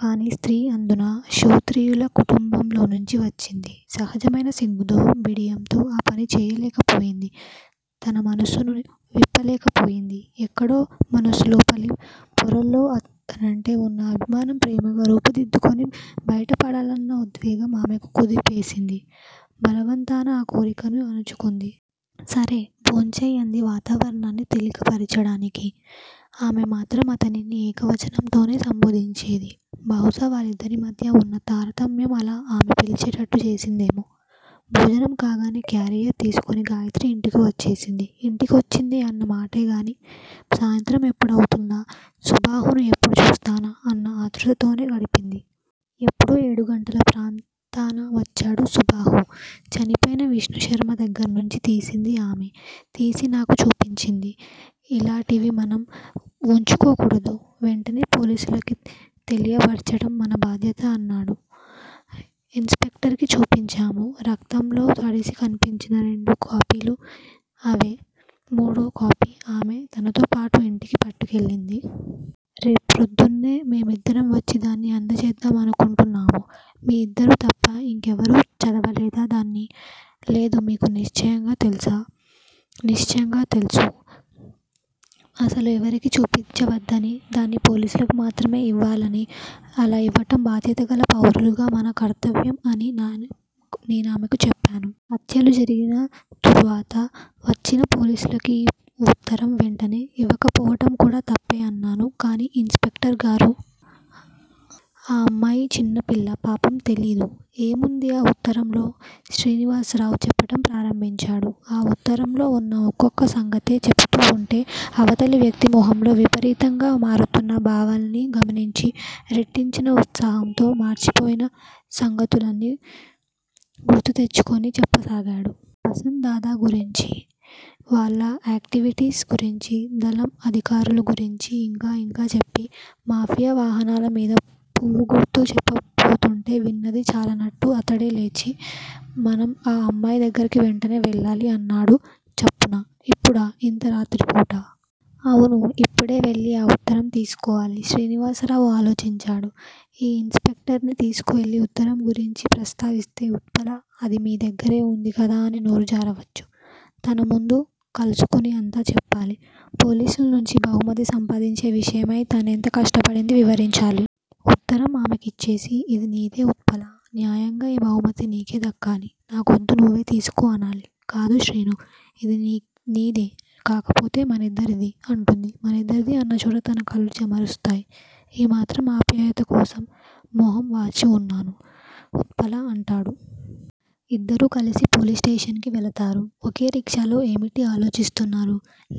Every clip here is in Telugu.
కానీ, స్త్రీ అందునా శోత్రీయుల కుటుంబంలోనుంచి వచ్చింది- సహజమైన సిగ్గుతో, బిడియంతో ఆ పని చేయలేకపోయింది. తన మనసును విప్పలేక పోయింది. ఎక్కడో మనసు లోపలి పొరల్లో అతనుంటే వున్న అభిమానం ప్రేమగా రూపు దిద్దుకుని బయటపడాలన్న ఉద్వేగం ఆమెకు కుదిపేసింది. బలవంతాన ఆ కోరికను అణచుకుంది. సరే. భోంచెయ్ అంది వాతావరణాన్ని తేలికపరచడానికి. ఆమె మాత్రం అతనిని ఏకవచనంతోనే సంభోదించేది. బహుశా వాళ్లిద్దరి మధ్యా వున్న తారతమ్యం అలా ఆమె పిలిచేటట్టు చేసిందేమో. భోజనం కాగానే క్యారియర్ తీసుకుని గాయత్రి ఇంటికి వచ్చేసింది ఇంటికొచ్చింది అన్న మాటేగాని సాయంత్రం ఎప్పుడౌతుందా, సుబాహును ఎప్పుడు చూస్తానా అన్న ఆతృతతోనే గడిపింది. ఎప్పుడో ఏడు గంటల ప్రాంతాన వచ్చాడు సుబాహు. చనిపోయిన విష్ణుశర్మ దగ్గర్నుంచి తీసింది ఆమే! తీసి నాకు చూపించింది. ఇలాటివి మనం వుంచుకోకూడదు. వెంటనే పోలీసులకి తెలియబర్చటం మన బాధ్యత అన్నాను. ఇన్ స్పెక్టర్ కి చూపించాము. రక్తంలో తడిసి కనిపించిన రెండు కాపీలూ అవే- మూడో కాపీ ఆమే తనతోపాటూ ఇంటికి పట్టుకెళ్ళింది. రేప్రోద్దున్నే మేమిద్దరం వచ్చి దాన్ని అందజేద్దామనుకుంటున్నాము. మీ ఇద్దరూ తప్ప ఇంకెవరూ చదవలేదా దాన్ని? లేదు మీకు నిశ్చయంగా తెలుసా? నిశ్చయంగా తెలుసు. అసలు ఎవరికీ చూపించవద్దనీ- దాన్ని పోలీసులకి మాత్రమే ఇవ్వాలనీ, అలా ఇవ్వటం బాధ్యతగల పౌరులుగా మన కర్తవ్యం అనీ నేనామెకు చెప్పాను. హత్యలు జరిగిన తుర్వాత వచ్చిన పోలీసులకి ఈ వుత్తరం వెంటనే ఇవ్వకపోవటం కూడా తప్పే అన్నాను కానీ ఇన్ స్పెక్టర్ గారు! ఆ అమ్మాయి చిన్నపిల్ల పాపం తెలీదు. ఏముందీ ఆ వుత్తరంలో? శ్రీనివాసరావు చెప్పటం ప్రారంభించాడు. ఆ వుత్తరంలో వున్న ఒక్కొక్క సంగతే చెపుతూ వుంటే అవతలి వ్యక్తి మొహంలో విపరీతంగా మారుతున్న భావాల్ని గమనించి- రెట్టించిన ఉత్సాహంతో, మార్చిపోయిన సంగతులన్నీ గుర్తుతెచ్చుకుని చెప్పసాగాడు. వసంత్ దాదా గురించీ, వాళ్ళ ఆక్టివిటీస్ గురించీ, దళం అధికారుల గురించీ, ఇంకా ఇంకా చెప్పి, మాఫియా వాహనాల మీద పువ్వు గుర్తు చెప్పబోతుంటే విన్నది చాలన్నట్టు అతడు లేచి, మనం ఆ అమ్మాయి దగ్గరకి వెంటనే వెళ్ళాలి- అన్నాడు చప్పున. ఇప్పుడా? ఇంత రాత్రిపూటా? అవును, ఇప్పుడే వెళ్ళి ఆ వుత్తరం తీసుకోవాలి. శ్రీనివాసరావు ఆలోచించాడు. ఈ ఇన్ స్పెక్టర్ ని తీసుకువెళ్ళి, ఉత్తరం గురించి ప్రస్తావిస్తే ఉత్పల- అది మీ దగ్గరే వుంది కదా అని నోరు జారవచ్చు. తను ముందు కలుసుకుని అంతా చెప్పాలి. పోలీసుల్నించి బహుమతి సంపాదించే విషయమై తనెంత కష్టపడిందీ వివరించాలి. ఉత్తరం ఆమెకిచ్చేసి, ఇది నీదే ఉత్పలా! న్యాయంగా ఈ బహుమతి నీకే దక్కాలి. నాకొద్దు నువ్వే తీసుకో అనాలి. 'కాదు శ్రీనూ, ఇది నీదే- కాకపోతే మనిద్దరిదీ' అంటుంది. మనిద్దరిదీ అన్నచోట తన కళ్ళు చెమరుస్తాయి. 'ఈ మాత్రం ఆప్యాయతకోసం మొహం వాచివున్నాను ఉత్పలా' అంటాడు. ఇద్దరూ కలిసి పోలీస్ స్టేషన్ కి వెళతారు, ఒకే రిక్షాలో ఏమిటి ఆలోచిస్తున్నారు?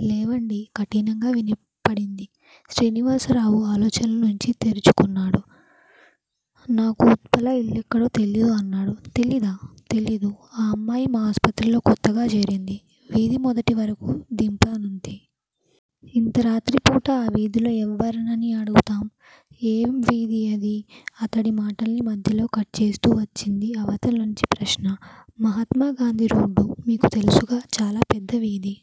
లేవండి కఠినంగా వినపడింది. శ్రీనివాసరావు ఆలోచన్ల నుంచి తేరుకున్నాడు. నాకు ఉత్పల ఇల్లెక్కడో తెలీదు అన్నాడు. తెలీదా? తెలీదు. ఆ అమ్మాయి మా ఆస్పత్రిలో కొత్తగా జేరింది. వీథి మొదటి వరకూ దింపానంతే. ఇంతరాత్రి పూట ఆ వీథిలో ఎవర్నని అడుగుతాం? ఏం వీథి అది? అతడి మాటల్ని మధ్యలో కట్ చేస్తూ వచ్చింది అవతల్నుంచి ప్రశ్న. మహాత్మాగాంధీరోడ్డు. మీకు తెలుసుగా. చాలా పెద్ద వీధి